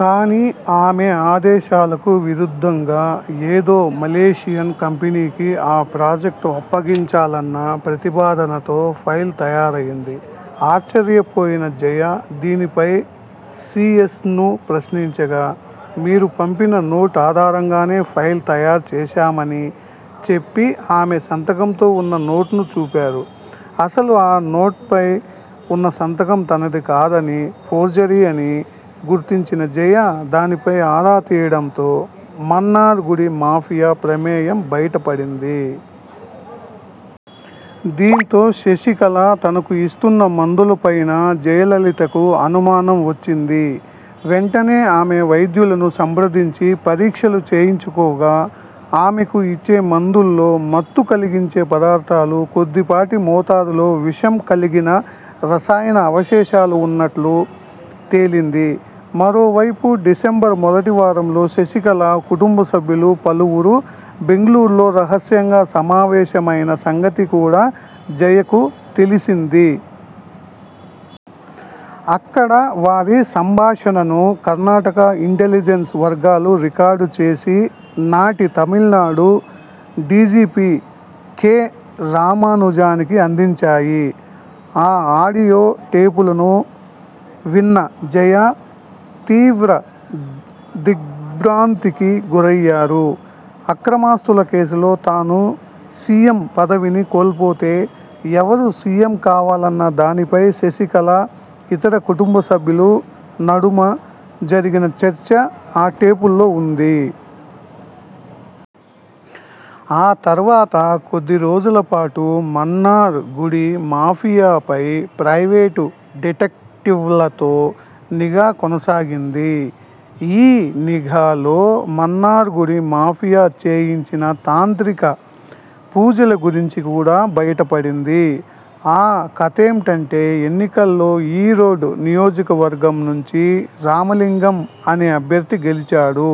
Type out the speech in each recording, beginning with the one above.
కానీ ఆమె ఆదేశాలకు విరుద్ధంగా ఏదో మలేషియన్ కంపెనీకి ఆ ప్రాజెక్టు అప్పగించాలన్న ప్రతిపాదనతో ఫైల్ తయారైంది. ఆశ్చర్యపోయిన జయ దీనిపై సీఎస్ను ప్రశ్నించగా 'మీరు పంపిన నోట్ ఆధారంగానే ఫైల్ తయారు చేశామ'ని చెప్పి, ఆమె సంతకంతో ఉన్న నోట్ను చూపారు. అసలు ఆ నోట్పై ఉన్న సంతకం తనదికాదని, ఫోర్జరీ అని గుర్తించిన జయ దానిపై ఆరా తీయడంతో మన్నార్ గుడి మాఫియా ప్రమేయం బయటపడింది. దీంతో శశికళ తనకు ఇస్తున్న మందులపైనా జయలలితకు అనుమానం వచ్చింది. వెంటనే ఆమె వైద్యులను సంప్రదించి పరీక్షలు చేయించుకోగా ఆమెకు ఇచ్చే మందుల్లో మత్తు కలిగించే పదార్థాలు, కొద్దిపాటి మోతాదులో విషం కలిగిన రసాయన అవశేషాలు ఉన్నట్టు తేలింది. మరోవైపు డిసెంబరు మొదటి వారంలో శశికళ కుటుంబ సభ్యులు పలువురు బెంగళూరులో రహస్యంగా సమావేశమైన సంగతి కూడా జయకు తెలిసింది. అక్కడ వారి సంభాషణను కర్ణాటక ఇంటెలిజెన్స్ వర్గాలు రికార్డు చేసి నాటి తమిళనాడు డీజీపీ కె. రామానుజానికి అందించాయి. ఆ ఆడియో టేపులను విన్న జయ తీవ్ర దిగ్ర్భాంతికి గురయ్యారు. అక్రమాస్తుల కేసులో తాను సీఎం పదవిని కోల్పోతే, ఎవరు సీఎం కావాలన్న దానిపై శశికళ, ఇతర కుటుంబ సభ్యుల నడుమ జరిగిన చర్చ ఆ టేపుల్లో ఉంది. ఆ తర్వాత కొద్ది రోజులపాటు మన్నార్ గుడి మాఫియాపై ప్రైవేటు డిటెక్టివ్లతో నిఘా కొనసాగింది. ఈ నిఘాలో మన్నార్గుడి మాఫియా చేయించిన తాంత్రిక పూజల గురించి కూడా బయటపడింది. ఆ కథేంటంటే ఎన్నికల్లో ఈరోడ్ నియోజకవర్గం నుంచి రామలింగం అనే అభ్యర్థి గెలిచాడు.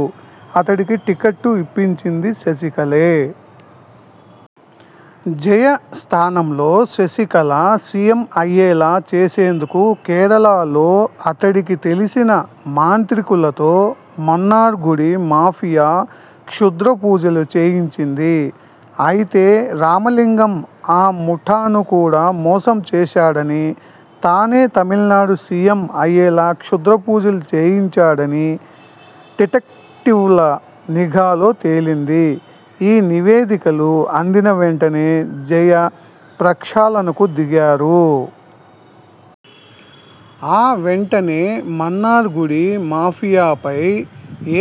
అతడికి టిక్కెట్టు ఇప్పించింది శశికళే. జయ స్థానంలో శశికళ సీఎం అయ్యేలా చేసేందుకు కేరళలో అతడికి తెలిసిన మాంత్రికులతో మన్నార్గుడి మాఫియా క్షుద్రపూజలు చేయించింది. అయితే రామలింగం ఆ ముఠాను కూడా మోసం చేశాడని, తానే తమిళనాడు సీఎం అయ్యేలా క్షుద్రపూజలు చేయించాడని డిటెక్టివ్ల నిఘాలో తేలింది. ఈ నివేదికలు అందిన వెంటనే జయ ప్రక్షాళనకు దిగారు. ఆ వెంటనే మన్నార్ గుడి మాఫియాపై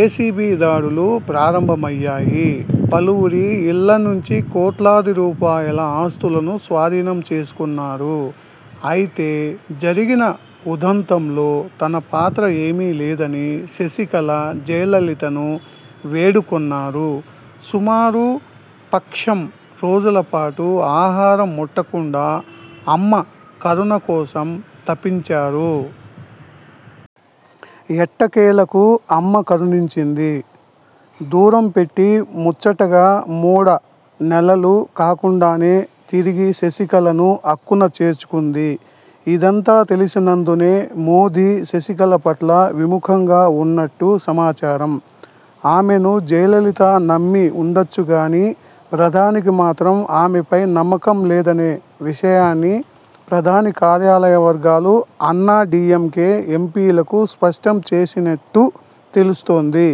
ఏసీబీ దాడులు ప్రారంభమయ్యాయి. పలువురి ఇళ్ల నుంచి కోట్లాది రూపాయల ఆస్తులను స్వాధీనం చేసుకొన్నారు. అయితే, జరిగిన ఉదంతంలో తన పాత్ర ఏమీ లేదని శశికళ జయలలితను వేడుకొన్నారు. సుమారు పక్షం రోజులపాటు ఆహారం ముట్టకుండా అమ్మ కరుణ కోసం తపించారు. ఎట్టకేలకు అమ్మ కరుణించింది. దూరం పెట్టి ముచ్చటగా మూడనెలలు కాకుండానే తిరిగి శశికళను అక్కున చేర్చుకుంది. ఇదంతా తెలిసినందునే మోదీ శశికళ పట్ల విముఖంగా ఉన్నట్టు సమాచారం. ఆమెను జయలలిత నమ్మి ఉండొచ్చుగానీ ప్రధానికి మాత్రం ఆమెపై నమ్మకం లేదనే విషయాన్ని ప్రధాని కార్యాలయ వర్గాలు అన్నాడీఎంకే ఎంపీలకు స్పష్టం చేసినట్టు తెలుస్తోంది.